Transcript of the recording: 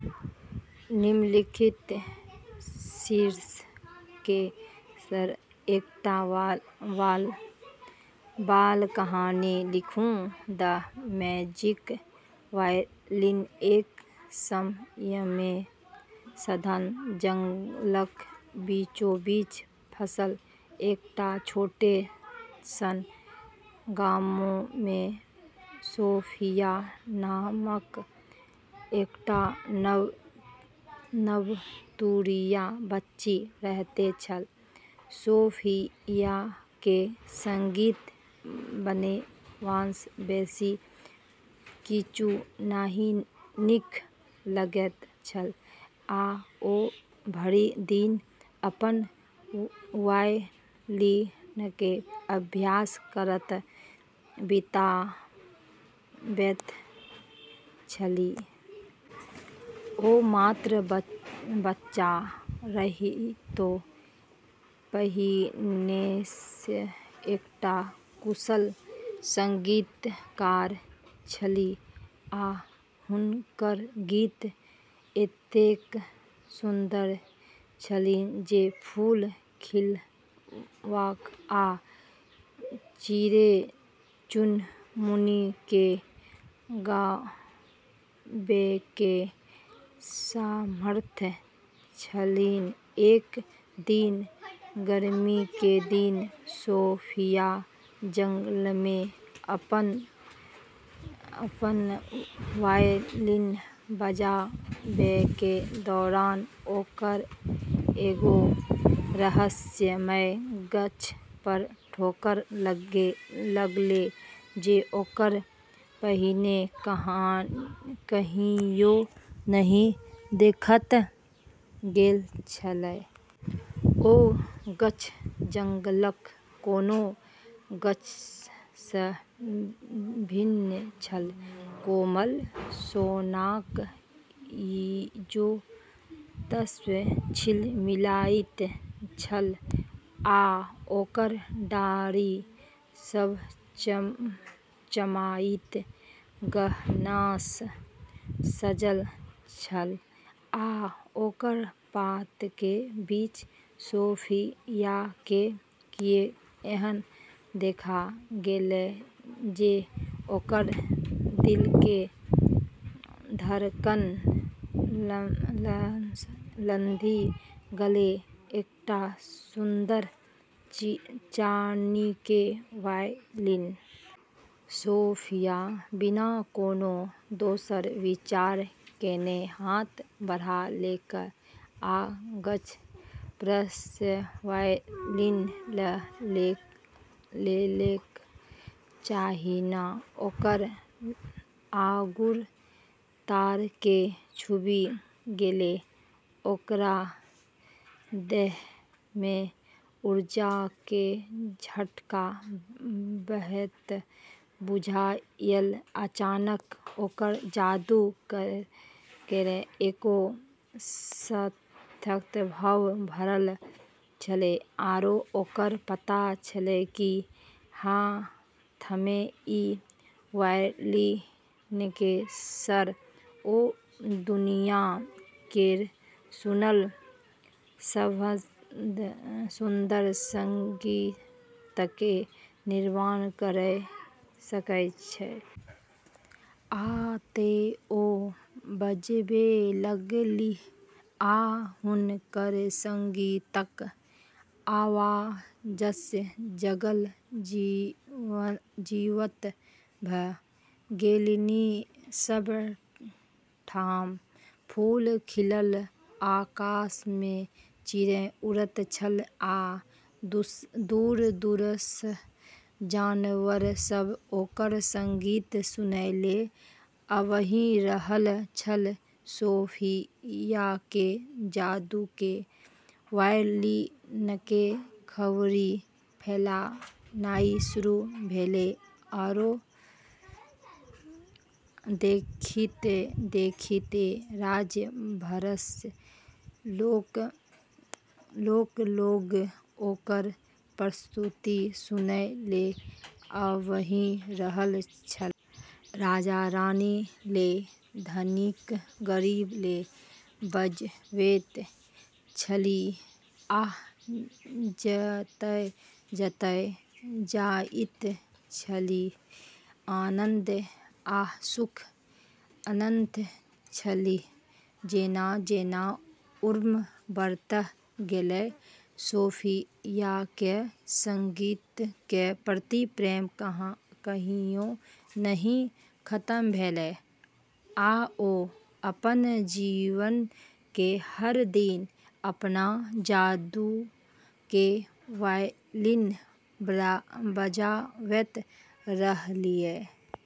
निम्नलिखित शीर्षकके सङ्ग एकटा बाल कहानी लिखु: द मैजिक वायलिन एक समयमे सघन जंगलक बीचोबीच बसल एकटा छोट सन गाममे सोफिया नामक एकटा नवतुरिया बच्ची रहैत छल। सोफियाके संगीत बनेबासँ बेसी किछु नहि नीक लगैत छल, आ ओ भरि दिन अपन वायलिनके अभ्यास करैत बिताबैत छलीह। ओ मात्र बच्चा रहितो पहिनेसँ एकटा कुशल संगीतकार छलीह, आ हुनकर गीत एतेक सुन्दर छलनि जे फूल खिलबाक आ चिड़ै-चुनमुनीकेँ गाबैके सामर्थ्य छलनि। एक दिन गर्मीके दिन सोफिया जंगलमे अपनऽ वायलिन बजाबैके दौरान ओकरा एगो रहस्यमय गाछ पर ठोकर लगलै जे ओकरा पहिने कहियो नहि देखल गेल छलै। ओ गाछ जंगलक कोनो गाछसँ भिन्न छल कोमल, सोनाक इजोतसँ झिलमिलाइत छल आ ओकर डारि सभ चमचमाइत गहनासँ सजल छल। आ ओकर पातके बीच सोफियाके किछ एहन देखा गेलै जे ओकर दिलके धड़कन लंघि गेलै एकटा सुन्दर, चानीके वायलिन। सोफिया बिना कोनो दोसर विचार केने हाथ बढ़ा लेलक आ गाछ परसँ वायलिन ल' लेलक। जहिना ओकर आँगुर तारकेँ छूबि गेलै, ओकरा देहमे ऊर्जाके झटका बहैत बुझायल। अचानक ओकरा जादू केरऽ एगो सशक्त भाव भरल छलै, आरो ओकरा पता छलै कि हाथमे ई वायलिनके सङ्ग ओ दुनिया केर सुनल सबसँ सुंदर संगीतके निर्माण करि सकै छै। आ तें ओ बजबै लगलीह, आ हुनकर संगीतक आवाजसँ जंगल जीवंत भ' गेलनि। सब ठाम फूल खिलल, आकाशमे चिड़ै उड़ैत छल, आ दूर-दूरसँ जानवर सब ओकर संगीत सुनै लेल आबि रहल छल। सोफियाके जादूके वायलिनके खबरि फैलनाइ शुरू भेलै, आरो देखिते - देखिते राज्य भरसँ लोक लोग ओकर प्रस्तुति सुनै लेल आबि रहल छलै। राजा-रानी लेल, धनिक-गरीब लेल बजबैत छलीह आ जतय-जतय जाइत छलीह, आनन्द आ सुख अनैत छलीह। जेना-जेना उम्र बढ़ैत गेलै, सोफियाके संगीतके प्रति प्रेम कहियो नहि खतम भेलै, आ ओ अपन जीवनके हर दिन अपन जादूके वायलिन बजाबैत रहलीह ।